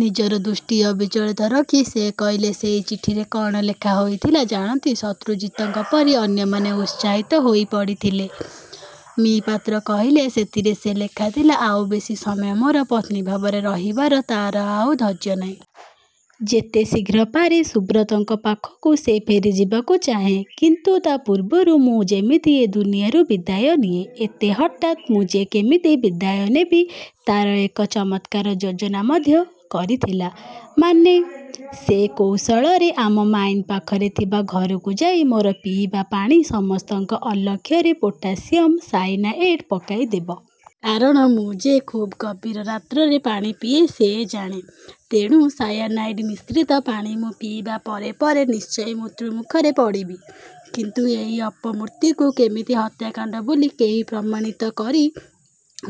ନିଜର ଦୃଷ୍ଟି ଅବିଚଳିତ ରଖି ସେ କହିଲେ, 'ସେଇ ଚିଠିରେ କ'ଣ ଲେଖା ହେଇଥିଲା ଜାଣନ୍ତି? ' 'ଶତ୍ରୁଜିତଙ୍କ ପରି ଅନ୍ୟମାନେ ଉତ୍ସାହିତ ହେଇପଡ଼ିଥିଲେ। ମି:ପାତ୍ର କହିଲେ, 'ସେଥିରେ ସେ ଲେଖିଥିଲା—ଆଉ ବେଶୀ ସମୟ ମୋର ପତ୍ନୀ ଭାବରେ ରହିବାର ତାର ଆଉ ଧୈର୍ଯ୍ୟ ନାହିଁ। ଯେତେ ଶୀଘ୍ର ପାରେ ସୁବ୍ରତଙ୍କ ପାଖକୁ ସେ ଫେରିଯିବାକୁ ଚାହେଁ। କିନ୍ତୁ ତା' ପୂର୍ବରୁ ମୁଁ ଯେମିତି ଏ ଦୁନିଆରୁ ବିଦାୟ ନିଏଁ। ଏତେ ହଠାତ୍ ମୁଁ ଯେ କେମିତି ବିଦାୟ ନେବି, ତା'ର ଏକ ଚମତ୍କାର ଯୋଜନା ସେ ମଧ୍ୟ କରିଥିଲା। ମାନେ, ସେ କୌଶଳରେ ଆମ ମାଇନିଂ ପାଖରେ ଥିବା ଘରକୁ ଯାଇ ମୋର ପିଇବା ପାଣିରେ ସମସ୍ତଙ୍କ ଅଲକ୍ଷ୍ୟରେ ପୋଟାସିଅମ ସାଇନାଏଡ଼୍ ପକାଇଦେବ। କାରଣ ମୁଁ ଯେ ଖୁବ୍ ଗଭୀର ରାତ୍ରରେ ପାଣି ପିଏଁ, ସେ ଜାଣେ। ତେଣୁ ସାୟାନାଇଡ଼୍ ମିଶ୍ରିତ ପାଣି ମୁଁ ପିଇବା ପରେ ପରେ ନିଶ୍ଚୟ ମୃତ୍ୟୁ ମୁଖରେ ପଡ଼ିବି। କିନ୍ତୁ ଏଇ ଅପମୃତ୍ୟୁକୁ କେମିତି ହତ୍ୟାକାଣ୍ଡ ବୋଲି କେହି ପ୍ରମାଣିତ କରି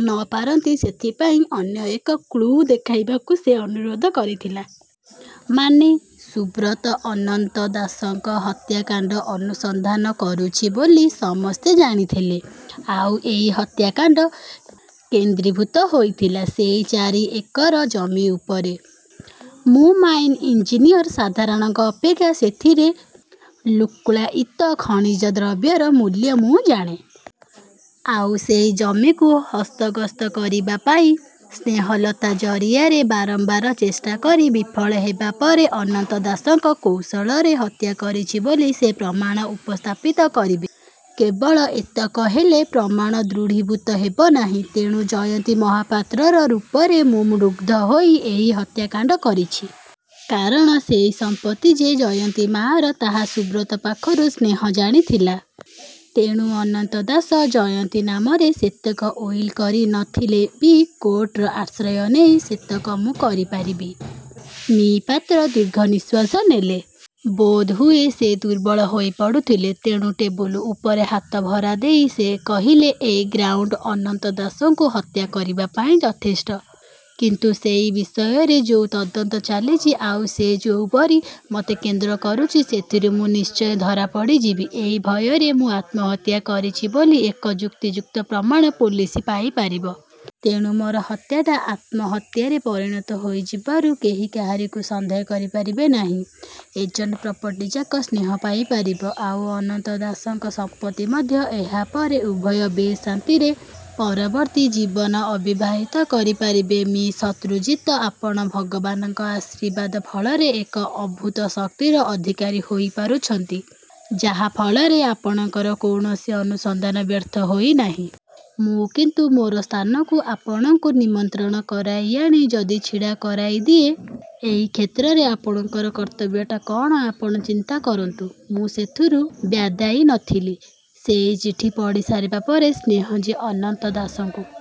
ନ ପାରନ୍ତି ସେଥିପାଇଁ ଅନ୍ୟ ଏକ କ୍ଳୁ ଦେଖାଇବାକୁ ସେ ଅନୁରୋଧ କରିଥିଲା। ' 'ମାନେ? ' 'ସୁବ୍ରତ ଅନନ୍ତ ଦାସଙ୍କ ହତ୍ୟାକାଣ୍ଡ ଅନୁସନ୍ଧାନ କରୁଛି ବୋଲି ସମସ୍ତେ ଜାଣିଥିଲେ। ଆଉ ଏଇ ହତ୍ୟାକାଣ୍ଡ କେନ୍ଦ୍ରୀଭୂତ ହେଇଥିଲା ସେଇ ଚାରି ଏକର ଜମି ଉପରେ। ମୁଁ ମାଇନିଂ ଇଞ୍ଜିନିୟର। ସାଧାରଣଙ୍କ ଅପେକ୍ଷା ସେଥିର ଲୁକ୍କାୟିତ ଖଣିଜ ଦ୍ରବ୍ୟର ମୂଲ୍ୟ ମୁଁ ଜାଣେ। ଆଉ ସେଇ ଜମିକୁ ହସ୍ତଗତ କରିବାପାଇଁ ସ୍ନେହଲତା ଜରିଆରେ ବାରମ୍ବାର ଚେଷ୍ଟା କରି ବିଫଳ ହେବା ପରେ ଅନନ୍ତ ଦାସଙ୍କୁ କୌଶଳରେ ହତ୍ୟା କରିଛି ବୋଲି ସେ ପ୍ରମାଣ ଉପସ୍ଥାପିତ କରିବେ। କେବଳ ଏତକ ହେଲେ ପ୍ରମାଣ ଦୃଢ଼ୀଭୂତ ହେବ ନାହିଁ। ତେଣୁ ଜୟନ୍ତୀ ମହାପାତ୍ରର ରୂପରେ ମୁଁ ମୁଗ୍ଧ ହୋଇ ଏହି ହତ୍ୟାକାଣ୍ଡ କରିଛି। କାରଣ ସେଇ ସମ୍ପତ୍ତି ଯେ ଜୟନ୍ତୀ ମାଆର ତାହା ସୁବ୍ରତ ପାଖରୁ ସ୍ନେହ ଜାଣିଥିଲା। ତେଣୁ ଅନନ୍ତ ଦାସ ଜୟନ୍ତୀ ନାମରେ ସେତକ ଉଇଲ କରି ନ। ଥିଲେ ବି କୋର୍ଟର ଆଶ୍ରୟ ନେଇ ସେତକ ମୁଁ କରିପାରିବି। ମି: ପାତ୍ର ଦୀର୍ଘ ନିଶ୍ୱାସ ନେଲେ। ବୋଧହୁଏ ସେ ଦୁର୍ବଳ ହେଇପଡ଼ୁଥିଲେ। ତେଣୁ ଟେବୁଲ ଉପରେ ହାତଭାର ଦେଇ ସେ କହିଲେ,'ଏଇ ଗ୍ରାଉଣ୍ଡ ଅନନ୍ତ ଦାସଙ୍କୁ ହତ୍ୟା କରିବାପାଇଁ ଯଥେଷ୍ଟ। କିନ୍ତୁ ସେଇ ବିଷୟରେ ଯୋଉ ତଦନ୍ତ ଚାଲିଛି, ଆଉ ସେ ଯୋଉପରି ମୋତେ କେନ୍ଦ୍ର କରୁଛି, ସେଥିରୁ ମୁଁ ନିଶ୍ଚୟ ଧରାପଡ଼ିଯିବି ଏଇ ଭୟରେ ମୁଁ ଆତ୍ମହତ୍ୟା କରିଛି ବୋଲି ଏକ ଯୁକ୍ତିଯୁକ୍ତ ପ୍ରମାଣ ପୋଲିସ ପାଇପାରିବ। ତେଣୁ ମୋର ହତ୍ୟାଟା ଆତ୍ମହତ୍ୟାରେ ପରିଣତ ହେଇଯିବାରୁ କେହି କାହାରିକୁ ସନ୍ଦେହ କରିପାରିବେ ନାହିଁ। ଜଏଣ୍ଟ ପ୍ରପର୍ଟିଯାକ ସ୍ନେହ ପାଇପାରିବ, ଆଉ ଅନନ୍ତ ଦାସଙ୍କର ସମ୍ପତ୍ତି ମଧ୍ୟ। ଏହା ପରେ ଉଭୟେ ବେଶ୍ ଶାନ୍ତିରେ ପରବର୍ତ୍ତୀ ଜୀବନ ଅତିବାହିତ କରିପାରିବେ। 'ମି: ଶତ୍ରୁଜିତ ଆପଣ ଭଗବାନଙ୍କ ଆଶୀର୍ବାଦ ଫଳରେ ଏକ ଅଭୂତ ଶକ୍ତିର ଅଧିକାରୀ ହେଇପାରିଛନ୍ତି, ଯାହା ଫଳରେ ଆପଣଙ୍କର କୌଣସି ଅନୁସନ୍ଧାନ ବ୍ୟର୍ଥ ହେଇନାହିଁ। ମୁଁ କିନ୍ତୁ ମୋର ସ୍ଥାନକୁ ଆପଣଙ୍କୁ ନିମନ୍ତ୍ରଣ କରାଇଆଣି ଯଦି ଛିଡ଼ା କରାଇଦିଏ। ଏଇ କ୍ଷେତ୍ରରେ ଆପଣଙ୍କର କର୍ତ୍ତବ୍ୟଟା କ'ଣ ଆପଣ ଚିନ୍ତା କରନ୍ତୁ। ମୁଁ ସେଥିରୁ ବାଦ୍ଯାଇ ନ ଥିଲି। ସେଇ ଚିଠି ପଢ଼ିସାରିବାପରେ ସ୍ନେହ ଯେ ଅନନ୍ତ ଦାସଙ୍କୁ